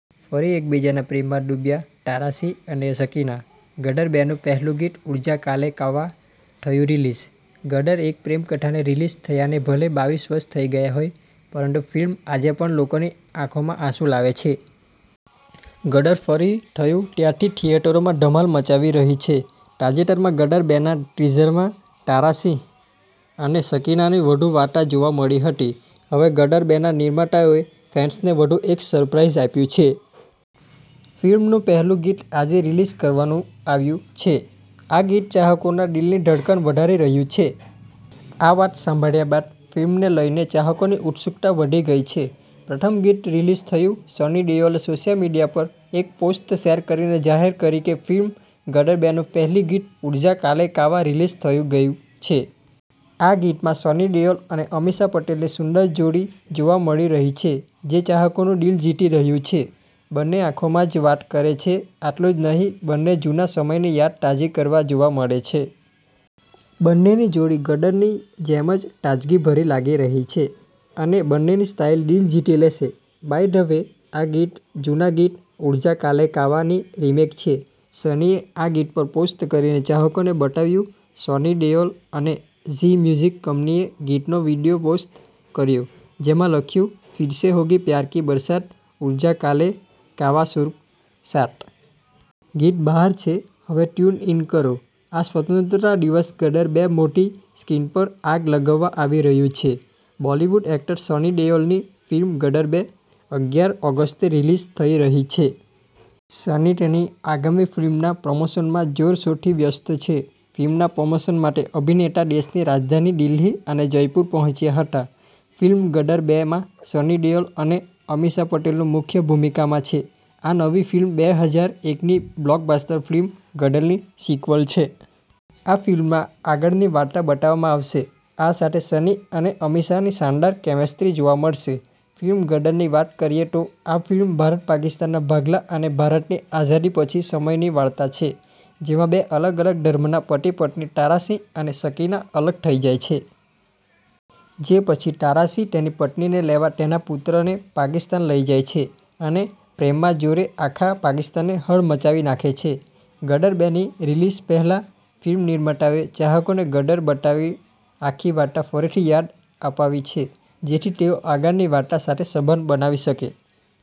ફરી એકબીજાના પ્રેમમાં ડૂબ્યા તારા સિંહ અને સકીના, ગદર બે નું પહેલું ગીત 'ઉડ જા કાલે કાવા' થયું રિલીઝ. ગદરઃ એક પ્રેમ કથા ને રિલીઝ થયાને ભલે બાવીશ વર્ષ થઈ ગયા હોય, પરંતુ ફિલ્મ આજે પણ લોકોની આંખોમાં આંસુ લાવે છે. 'ગદર' ફરી રિલીઝ થઈ ત્યારથી થિયેટરોમાં ધમાલ મચાવી રહી છે. તાજેતરમાં, 'ગદર બે ' ના ટીઝરમાં તારા સિંહ અને સકીનાની વધુ વાર્તા જોવા મળી હતી. હવે 'ગદર બે 'ના નિર્માતાઓએ ફેન્સને વધુ એક સરપ્રાઈઝ આપ્યું છે. ફિલ્મનું પહેલું ગીત આજે રિલીઝ કરવામાં આવ્યું છે. આ ગીત ચાહકોના દિલની ધડકન વધારી રહ્યું છે. આ વાત સાંભળ્યા બાદ ફિલ્મને લઈને ચાહકોની ઉત્સુકતા વધી ગઈ છે. પ્રથમ ગીત રિલીઝ થયું સની દેઓલે સોશિયલ મીડિયા પર એક પોસ્ટ શેર કરીને જાહેરાત કરી કે ફિલ્મ 'ગદર બે 'નું પહેલું ગીત 'ઉડ જા કાલે કાવા' રિલીઝ થઈ ગયું છે. આ ગીતમાં સની દેઓલ અને અમીષા પટેલની સુંદર જોડી જોવા મળી રહી છે, જે ચાહકોનું દિલ જીતી રહ્યું છે. બંને આંખોમાં જ વાત કરે છે. આટલું જ નહીં બંને જૂના સમયની યાદ તાજી કરતા જોવા મળે છે. બંનેની જોડી 'ગદર'ની જેમ જ તાજગીભરી લાગી રહી છે અને બંનેની સ્ટાઈલ દિલ જીતી લેશે. બાય ધ વે, આ ગીત જૂના ગીત 'ઉડ જા કાલે કાવા'ની રીમેક છે. સનીએ આ ગીત પોસ્ટ કરીને ચાહકોને બતાવ્યું સની દેઓલ અને ઝી મ્યુઝિક કંપનીએ ગીતનો વિડિયો પોસ્ટ કર્યો, જેમાં લખ્યું, 'ફિર સે હોગી પ્યાર કી બરસાત, ઉડ જા કાલે કાવાના સૂર સાથે! ગીત બહાર છે, હવે ટ્યુન ઇન કરો. આ સ્વતંત્રતા દિવસ ગદર બે મોટી સ્ક્રીન પર આગ લગાવવા આવી રહ્યું છે. બોલિવૂડ એક્ટર સની દેઓલની ફિલ્મ 'ગદર બે ' અગ્યાર ઓગસ્ટે રિલીઝ થઈ રહી છે. સની તેની આગામી ફિલ્મના પ્રમોશનમાં જોરશોરથી વ્યસ્ત છે. ફિલ્મના પ્રમોશન માટે અભિનેતા દેશની રાજધાની દિલ્હી અને જયપુર પહોંચ્યા હતા. ફિલ્મ 'ગદર બે 'માં સની દેઓલ અને અમીષા પટેલ મુખ્ય ભૂમિકામાં છે. આ નવી ફિલ્મ બે હજાર એક ની બ્લોકબસ્ટર ફિલ્મ 'ગદર'ની સિક્વલ છે. આ ફિલ્મમાં આગળની વાર્તા બતાવવામાં આવશે. આ સાથે સની અને અમીષાની શાનદાર કેમેસ્ટ્રી જોવા મળશે. ફિલ્મ 'ગદર'ની વાત કરીએ તો આ ફિલ્મ ભારત-પાકિસ્તાનના ભાગલા અને ભારતની આઝાદી પછીના સમયની વાર્તા છે. જેમાં બે અલગ-અલગ ધર્મના પતિ-પત્ની તારા સિંહ અને સકીના અલગ થઈ જાય છે. જે પછી તારા સિંહ તેની પત્નીને લેવા તેના પુત્રને પાકિસ્તાન લઈ જાય છે અને પ્રેમના જોરે આખા પાકિસ્તાનને હચમચાવી નાખે છે. 'ગદર બે' ની રિલીઝ પહેલા, ફિલ્મ નિર્માતાઓએ ચાહકોને 'ગદર' બતાવીને આખી વાર્તા ફરીથી યાદ અપાવી છે, જેથી તેઓ આગળની વાર્તા સાથે સંબંધ બનાવી શકે.